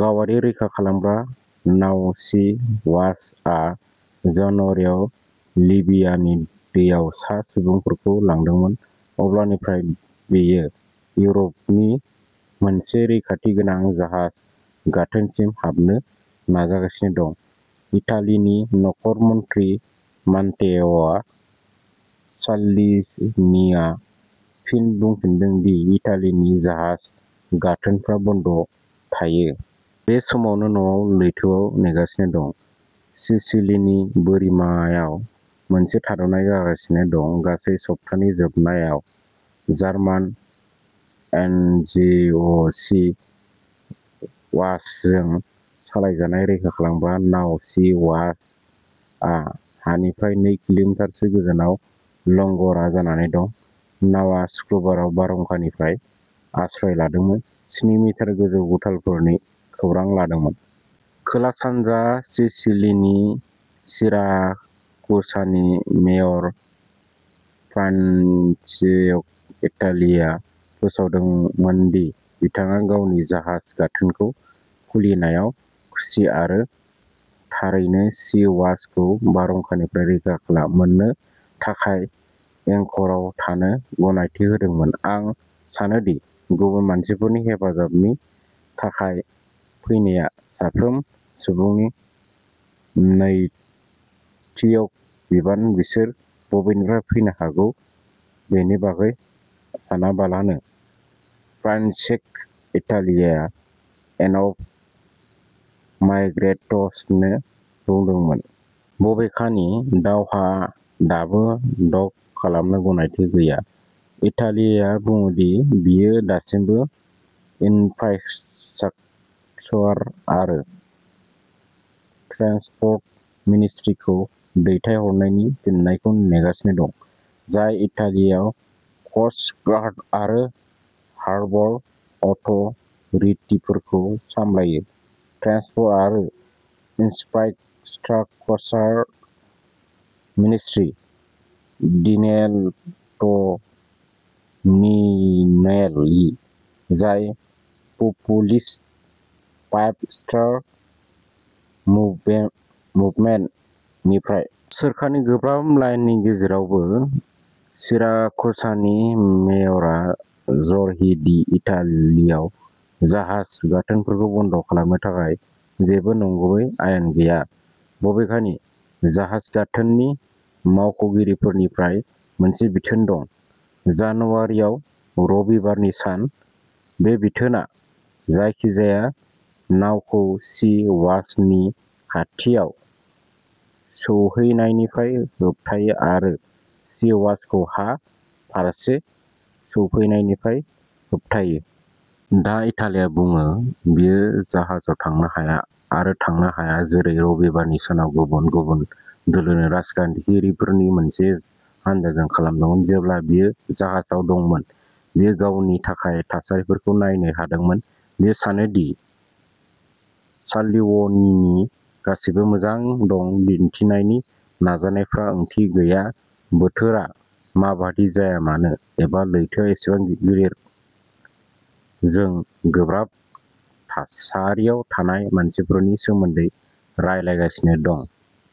गावारि रैखा खालामग्रा नाव "सी वाच " आ जानुवारिआव लिबियानि दैयाव सा सुबुंफोरखौ लांदोंमोन। अब्लानिफ्राय, बेयो इउर'पनि मोनसे रैखाथि गोनां जाहाज गाथोनसिम हाबनो नाजागासिनो दं। इटालिनि नखर मन्थ्रि मात्तेअ साल्विनीआ फिन बुंफिनदों दि इटालिनि जाहाज गाथोनफोरा बन्द'थायो। बे समावनो, नावआ लैथोआव नेगासिनो दं। सिसिलीनि बोरिमायाव मोनसे थाद'नाय जागासिनो दं। गासै सप्तानि जोबनायाव, जार्मान एनजिअ'सी वाचजों सालायजानाय रैखा खालामग्रा नाव सी वाच आ हानिफ्राय नै किल'मिटारसो गोजानाव लंग'रा जानानै दं। नावआ सुक्रुबाराव बारहुंखानिफ्राय आश्रय लादोंमोन, स्नि मिटार गोजौ गुथालफोरनि खौरां होदोंमोन। खोला-सानजा सिसिलीनि सिराकुसानि मेयर, फ्रान्सेस्क'इटालियाआ फोसावदोंमोन दि बिथाङा गावनि जाहाज गाथोनखौ खुलिनायाव खुसि आरो थारैनो सी वाच खौ बारहुंखानिफ्राय रैखा मोननो थाखाय एंकरआव थानो गनायथि होदोंमोन। "आं सानो दि गुबुन मानसिफोरनि हेफाजाबनि थाखाय फैनाया साफ्रोम सुबुंनि नैतिक बिबान, बिसोर बबेनिफ्राय फैनो हागौ बेनि बागै सानालाबानो", फ्रान्सेस्क'इटालियाआ इनफ'माइग्रेन्ट्सनो बुंदोंमोन। बबेखानि, नावहा दाबो डक खालामनो गनायथि गैया। इटालियाआ बुङो दि बियो दासिमबो इन्फ्रास्ट्राकचार आरो ट्रेन्सपर्ट मिनिस्ट्रिखौ दैथायहरनायनि फिननायखौ नेगासिनो दं, जाय इटालियाव क'स्ट गार्ड आरो हार्बर अथ'रिटिफोरखौ सामलायो। ट्रेन्सपर्ट आरो इन्फ्रास्ट्राकचार मिनिस्ट्रि डेनिल'ट'निनेलि, जाय पपुलिस्ट फाइभ स्टार मुभमेन्ट निफ्राय। सोरखारनि गोब्राब लाइननि गेजेरावबो, सिराकुसानि मेयरआ जर होयो दि इटालियाव जाहाज गाथोनफोरखौ बन्द खालामनो थाखाय जेबो नंगुबै आयेन गैया। बबेखानि, जाहाज गाथोननि मावख'गिरिफोरनिफ्राय मोनसे बिथोन दं। जानुवारियाव रबिबारनि सान। बे बिथोनआ जायखिजाया नावखौ सी वाचनि खाथियाव सौहैनायनिफ्राय होबथायो आरो सी वाचखौ हा फारसे सौफैनायनिफ्राय होबथायो। दा, इटालिया बुङो, बियो जाहाजाव थांनो हाया आरो थांनो हाया, जेरै बियो रबिबारनि सानाव गुबुन गुबुन दोलोनि राजखान्थिगिरिफोरनि मोनसे हानजाजों खालामदोंमोन। जेब्ला बियो जाहाजाव दंमोन, बियो गावनि थाखाय थासारिफोरखौ नायनो हादोंमोन। बियो सानो दि साल्विनीनि गासैबो मोजां दं दिन्थिनायनि नाजानायफोरा ओंथि गैयाः "बोथोरा माबायदि जाया मानो, एबा लैथोआ बेसेबां गिलिर, जों गोब्राब थासारियाव थानाय मानसिफोरनि सोमोन्दै रायलायगासिनो दं।